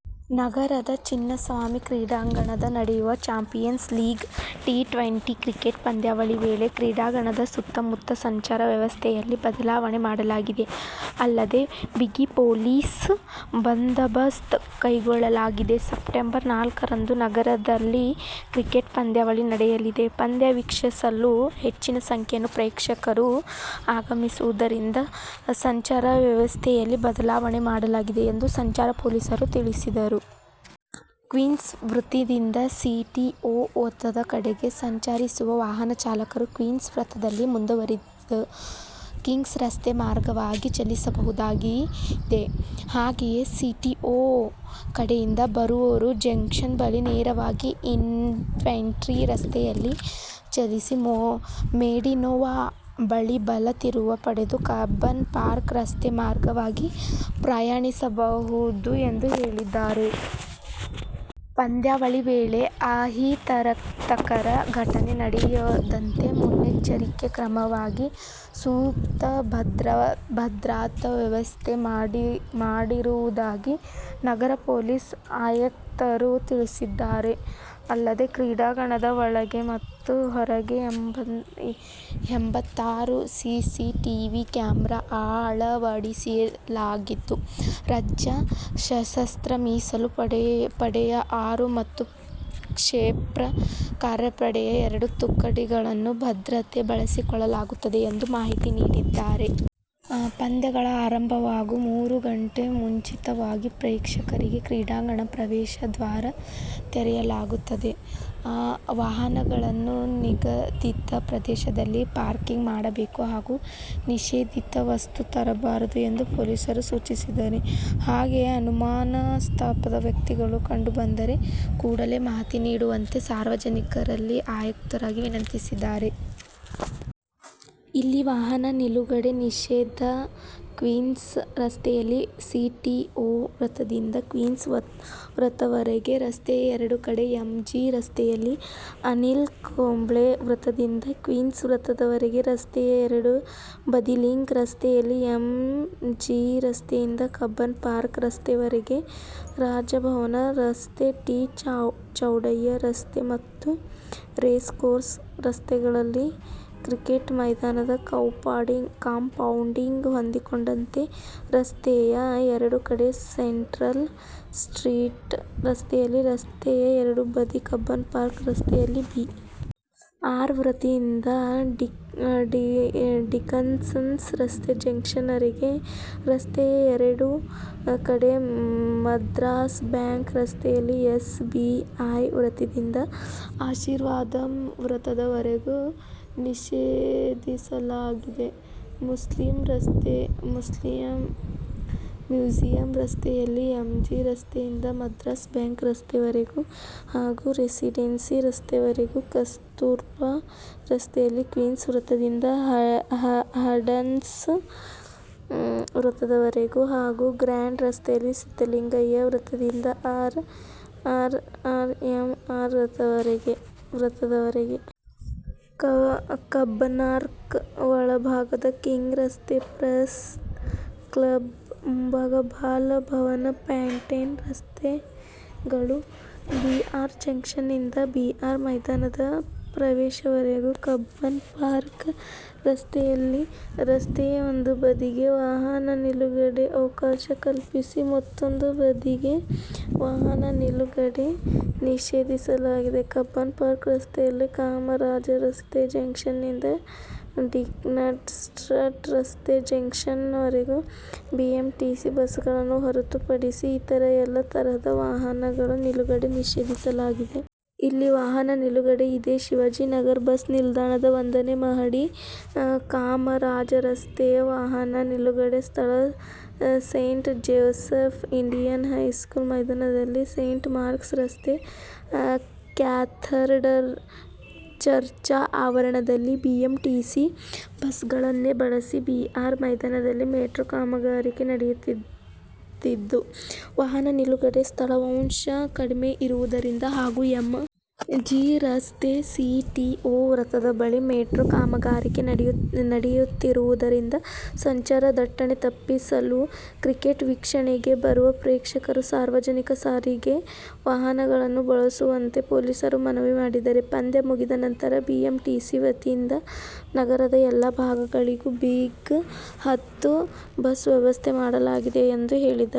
ನಗರದ ಚಿನ್ನಸ್ವಾಮಿ ಕ್ರೀಡಾಂಗಣದಲ್ಲಿ ನಡೆಯುವ 'ಚಾಂಪಿಯನ್ಸ್ ಲೀಗ್ ಟಿ-ಟ್ವೆಂಟಿ' ಕ್ರಿಕೆಟ್ ಪಂದ್ಯಾವಳಿ ವೇಳೆ ಕ್ರೀಡಾಂಗಣದ ಸುತ್ತಮುತ್ತ ಸಂಚಾರ ವ್ಯವಸ್ಥೆಯಲ್ಲಿ ಬದಲಾವಣೆ ಮಾಡಲಾಗಿದೆ. ಅಲ್ಲದೆ ಬಿಗಿ ಪೊಲೀಸ್ ಬಂದೋಬಸ್ತ್ ಕೈಗೊಳ್ಳಲಾಗಿದೆ. ಸೆಪ್ಟೆಂಬರ್ ನಾಲ್ಕರಂದು ನಗರದಲ್ಲಿ ಕ್ರಿಕೆಟ್ ಪಂದ್ಯಾವಳಿ ನಡೆಯಲಿದೆ. ಪಂದ್ಯ ವೀಕ್ಷಿಸಲು ಹೆಚ್ಚಿನ ಸಂಖ್ಯೆಯಲ್ಲಿ ಪ್ರೇಕ್ಷಕರು ಆಗಮಿಸುವುದರಿಂದ ಸಂಚಾರ ವ್ಯವಸ್ಥೆಯಲ್ಲಿ ಬದಲಾವಣೆ ಮಾಡಲಾಗಿದೆ ಎಂದು ಸಂಚಾರ ಪೊಲೀಸರು ತಿಳಿಸಿದ್ದಾರೆ. ಕ್ವೀನ್ಸ್ ವೃತ್ತದಿಂದ ಸಿಟಿಓ ವೃತ್ತದ ಕಡೆಗೆ ಸಂಚರಿಸುವ ವಾಹನ ಚಾಲಕರು ಕ್ವೀನ್ಸ್ ವೃತ್ತದಲ್ಲಿ ಮುಂದುವರಿದು, ಕಿಂಗ್ಸ್ ರಸ್ತೆ ಮಾರ್ಗವಾಗಿ ಚಲಿಸಬಹುದಾಗಿದೆ. ಹಾಗೆಯೇ ಸಿಟಿಓ ಕಡೆಯಿಂದ ಬರುವವರು ಜಂಕ್ಷನ್ ಬಳಿ ನೇರವಾಗಿ ಇನ್ಫೆಂಟ್ರಿ ರಸ್ತೆಯಲ್ಲಿ ಚಲಿಸಿ, ಮೆಡಿನೋವಾ ಬಳಿ ಬಲ ತಿರುವು ಪಡೆದು ಕಬ್ಬನ್ ಪಾರ್ಕ್ ರಸ್ತೆ ಮಾರ್ಗವಾಗಿ ಪ್ರಯಾಣಿಸಬಹುದು ಎಂದು ಹೇಳಿದ್ದಾರೆ. ಪಂದ್ಯಾವಳಿ ವೇಳೆ ಅಹಿತಕರ ಘಟನೆ ನಡೆಯದಂತೆ ಮುನ್ನೆಚ್ಚರಿಕೆ ಕ್ರಮವಾಗಿ ಸೂಕ್ತ ಭದ್ರತಾ ವ್ಯವಸ್ಥೆ ಮಾಡಿರುವುದಾಗಿ ನಗರ ಪೊಲೀಸ್ ಆಯುಕ್ತರು ತಿಳಿಸಿದ್ದಾರೆ. ಅಲ್ಲದೆ ಕ್ರೀಡಾಂಗಣದ ಒಳಗೆ ಮತ್ತು ಹೊರಗೆ ಎಂಭತ್ತಾರು ಸಿಸಿಟೀವಿ ಕ್ಯಾಮೆರಾ ಅಳವಡಿಸಲಾಗಿದ್ದು, ರಾಜ್ಯ ಸಶಸ್ತ್ರ ಮೀಸಲು ಪಡೆಯ ಆರು ಮತ್ತು ಕ್ಷಿಪ್ರ ಕಾರ್ಯಪಡೆಯ ಎರಡು ತುಕಡಿಗಳನ್ನು ಭದ್ರತೆಗೆ ಬಳಸಿಕೊಳ್ಳಲಾಗುತ್ತದೆ ಎಂದು ಮಾಹಿತಿ ನೀಡಿದ್ದಾರೆ. ಪಂದ್ಯಗಳು ಆರಂಭವಾಗುವ ಮೂರು ಗಂಟೆ ಮುಂಚಿತವಾಗಿ ಪ್ರೇಕ್ಷಕರಿಗೆ ಕ್ರೀಡಾಂಗಣ ಪ್ರವೇಶ ದ್ವಾರ ತೆರೆಯಲಾಗುತ್ತದೆ. ವಾಹನಗಳನ್ನು ನಿಗದಿತ ಪ್ರದೇಶದಲ್ಲಿ ಪಾರ್ಕಿಂಗ್ ಮಾಡಬೇಕು ಹಾಗೂ ನಿಷೇಧಿತ ವಸ್ತು ತರಬಾರದು ಎಂದು ಪೊಲೀಸರು ಸೂಚಿಸಿದ್ದಾರೆ. ಹಾಗೆಯೇ ಅನುಮಾನಾಸ್ಪದ ವ್ಯಕ್ತಿಗಳು ಕಂಡು ಬಂದರೆ ಕೂಡಲೇ ಮಾಹಿತಿ ನೀಡುವಂತೆ ಸಾರ್ವನಿಕರಲ್ಲಿ ಆಯುಕ್ತರು ವಿನಂತಿಸಿದ್ದಾರೆ. ಇಲ್ಲಿ ವಾಹನ ನಿಲುಗಡೆ ನಿಷೇಧ ಕ್ವೀನ್ಸ್ ರಸ್ತೆಯಲ್ಲಿ ಸಿಟಿಓ ವೃತ್ತದಿಂದ ಕ್ವೀನ್ಸ್ ವೃತ್ತದವರೆಗೆ ರಸ್ತೆಯ ಎರಡು ಕಡೆ-ಎಂ. ಜಿ ರಸ್ತೆಯಲ್ಲಿ ಅನಿಲ್ ಕುಂಬ್ಳೆ ವೃತ್ತದಿಂದ ಕ್ವೀನ್ಸ್ ವೃತ್ತದವರೆಗೆ ರಸ್ತೆಯ ಎರಡು ಬದಿ-ಲಿಂಕ್ ರಸ್ತೆಯಲ್ಲಿ ಎಂ. ಜಿ ರಸ್ತೆಯಿಂದ ಕಬ್ಬನ್ ಪಾರ್ಕ್ ರಸ್ತೆವರೆಗೆ-ರಾಜಭವನ ರಸ್ತೆ, ಟಿ. ಚೌಡಯ್ಯ ರಸ್ತೆ ಮತ್ತು ರೇಸ್ ಕೋರ್ಸ್ ರಸ್ತೆಗಳಲ್ಲಿ ಕ್ರಿಕೆಟ್ ಮೈದಾನದ ಕಾಂಪೌಂಡಿಗೆ ಹೊಂದಿಕೊಂಡಂತೆ ರಸ್ತೆಯ ಎರಡು ಕಡೆ-ಸೆಂಟ್ರಲ್ ಸ್ಟ್ರೀಟ್ ರಸ್ತೆಯಲ್ಲಿ ರಸ್ತೆಯ ಎರಡು ಬದಿ ಕಬ್ಬನ್ ಪಾರ್ಕ್ ರಸ್ತೆಯಲ್ಲಿ ಬಿ. ಆರ್. ವೃತ್ತದಿಂದ ಡಿಕನ್ಸನ ರಸ್ತೆ ಜಂಕ್ಷನ್ವರೆಗೆ ರಸ್ತೆಯ ಎರಡೂ ಕಡೆ ಮದ್ರಾಸ್ ಬ್ಯಾಂಕ್ ರಸ್ತೆಯಲ್ಲಿ ಎಸ್. ಬಿ. ಐ ವೃತ್ತದಿಂದ ಆಶೀರ್ವಾದಂ ವೃತ್ತದ ವರೆಗೆ ನಿಷೇಧಿಸಲಾಗಿದೆ. ಮ್ಯೂಸಿಯಂ ರಸ್ತೆಯಲ್ಲಿ ಎಂ. ಜಿ ರಸ್ತೆಯಿಂದ ಮದ್ರಾಸ್ ಬ್ಯಾಂಕ್ ರಸ್ತೆ ವರೆಗೆ ಹಾಗೂ ರೆಸಿಡೆನ್ಸಿ ರಸ್ತೆವರೆಗೆ, ಕಸ್ತೂರಬಾ ರಸ್ತೆಯಲ್ಲಿ ಕ್ವೀನ್ಸ್ ವೃತ್ತದಿಂದ ಹಡ್ಸನ್ ವೃತ್ತದ ವರೆಗೆ ಹಾಗೂ ಗ್ರ್ಯಾಂಡ್ ರಸ್ತೆಯಲ್ಲಿ ಸಿದ್ದಲಿಂಗಯ್ಯ ವೃತ್ತದಿಂದ ಅರ್ ಆರ್ ಎಂ ಆರ್ ವೃತ್ತದವರೆಗೆ. ಕಬ್ಬನ್ಪಾರ್ಕ್ ಒಳಭಾಗದ ಕಿಂಗ್ ರಸ್ತೆ, ಪ್ರಸ್ ಕ್ಲಬ್ ಮುಂಭಾಗ, ಬಾಲಭವನ ಪೌಂಟೇನ್ ರಸ್ತೆಗಳು-ಬಿ. ಆರ್. ಜಂಕ್ಷನ್ನಿಂದ, ಬಿ. ಆರ್. ಮೈದಾನದ ಪ್ರವೇಶವರೆಗೆ ಕಬ್ಬನ್ ಪಾರ್ಕ್ ರಸ್ತೆಯಲ್ಲಿ ರಸ್ತೆಯ ಒಂದು ಬದಿಗೆ ವಾಹನ ನಿಲುಗಡೆಗೆ ಅವಕಾಶ ಕಲ್ಪಿಸಿ ಮತ್ತೂಂದು ಬದಿಗೆ ವಾಹನ ನಿಲುಗಡೆ ನಿಷೇಧಿಸಲಾಗಿದೆ. ಕಬ್ಬನ್ ಪಾರ್ಕ್ ರಸ್ತೆಯಲ್ಲಿ ಕಾಮರಾಜರಸ್ತೆ ಜಂಕ್ಷನ್ನಿಂದ ಡಿಕನ್ಸ್ಟ್ರಕ್ಟ್ ರಸ್ತೆ ಜಂಕ್ಷನ್ವರೆಗೆ ಬಿಎಂಟಿಸಿ ಬಸ್ಗಳನ್ನು ಹೊರತುಪಡಿಸಿ ಇತರೆ ಎಲ್ಲಾ ತರಹದ ವಾಹನಗಳ ನಿಲುಗಡೆ ನಿಷೇಧಿಸಲಾಗಿದೆ. ಇಲ್ಲಿ ವಾಹನ ನಿಲುಗಡೆ ಇದೆ, ಶಿವಾಜಿನಗರ ಬಸ್ ನಿಲ್ದಾಣದ ಒಂದನೇ ಮಹಡಿ ಕಾಮರಾಜರಸ್ತೆಯ ವಾಹನ ನಿಲುಗಡೆ ಸ್ಥಳ ಸೇಂಟ್ ಜೋಸೆಫ್ ಇಂಡಿಯನ್ ಹೈಸ್ಕೂಲ್ ಮೈದಾನದಲ್ಲಿ ಸೇಂಟ್ ಮಾರ್ಕ್ಸ್ ರಸ್ತೆ ಕ್ಯಾಥಡ್ರಲ್ ಚರ್ಚ್ ಆವರಣದಲ್ಲಿ ಬಿಎಂಟಿಸಿ ಬಸ್ಗಳನ್ನೇ ಬಳಸಿ ಬಿ. ಆರ್. ಮೈದಾನದಲ್ಲಿ ಮೆಟ್ರೋ ಕಾಮಗಾರಿ ನಡೆಯುತ್ತಿದ್ದು, ವಾಹನ ನಿಲುಗಡೆಗೆ ಸ್ಥಳಾವಕಾಶ ಕಡಿಮೆ ಇರುವುದರಿಂದ ಹಾಗೂ ಎಂ. ಜಿ. ರಸ್ತೆ ಸಿಟಿಓ ವೃತ್ತದ ಬಳಿ ಮೆಟ್ರೋ ಕಾಮಗಾರಿ ನಡೆಯುತ್ತಿರುವುದರಿಂದ ಸಂಚಾರ ದಟ್ಟಣೆ ತಪ್ಪಿಸಲು ಕ್ರಿಕೆಟ್ ವೀಕ್ಷಣೆಗೆ ಬರುವ ಪ್ರೇಕ್ಷಕರು ಸಾರ್ವಜನಿಕ ಸಾರಿಗೆ ವಾಹನಗಳನ್ನು ಬಳಸುವಂತೆ ಪೊಲೀಸರು ಮನವಿ ಮಾಡಿದ್ದಾರೆ. ಪಂದ್ಯ ಮುಗಿದ ನಂತರ ಬಿಎಂಟಿಸಿ ವತಿಯಿಂದ ನಗರದ ಎಲ್ಲಾ ಭಾಗಗಳಿಗೂ ಬಿಗ್-ಹತ್ತು ಬಸ್ ವ್ಯವಸ್ಥೆ ಮಾಡಲಾಗಿದೆ ಎಂದು ಹೇಳಿದ್ದಾರೆ.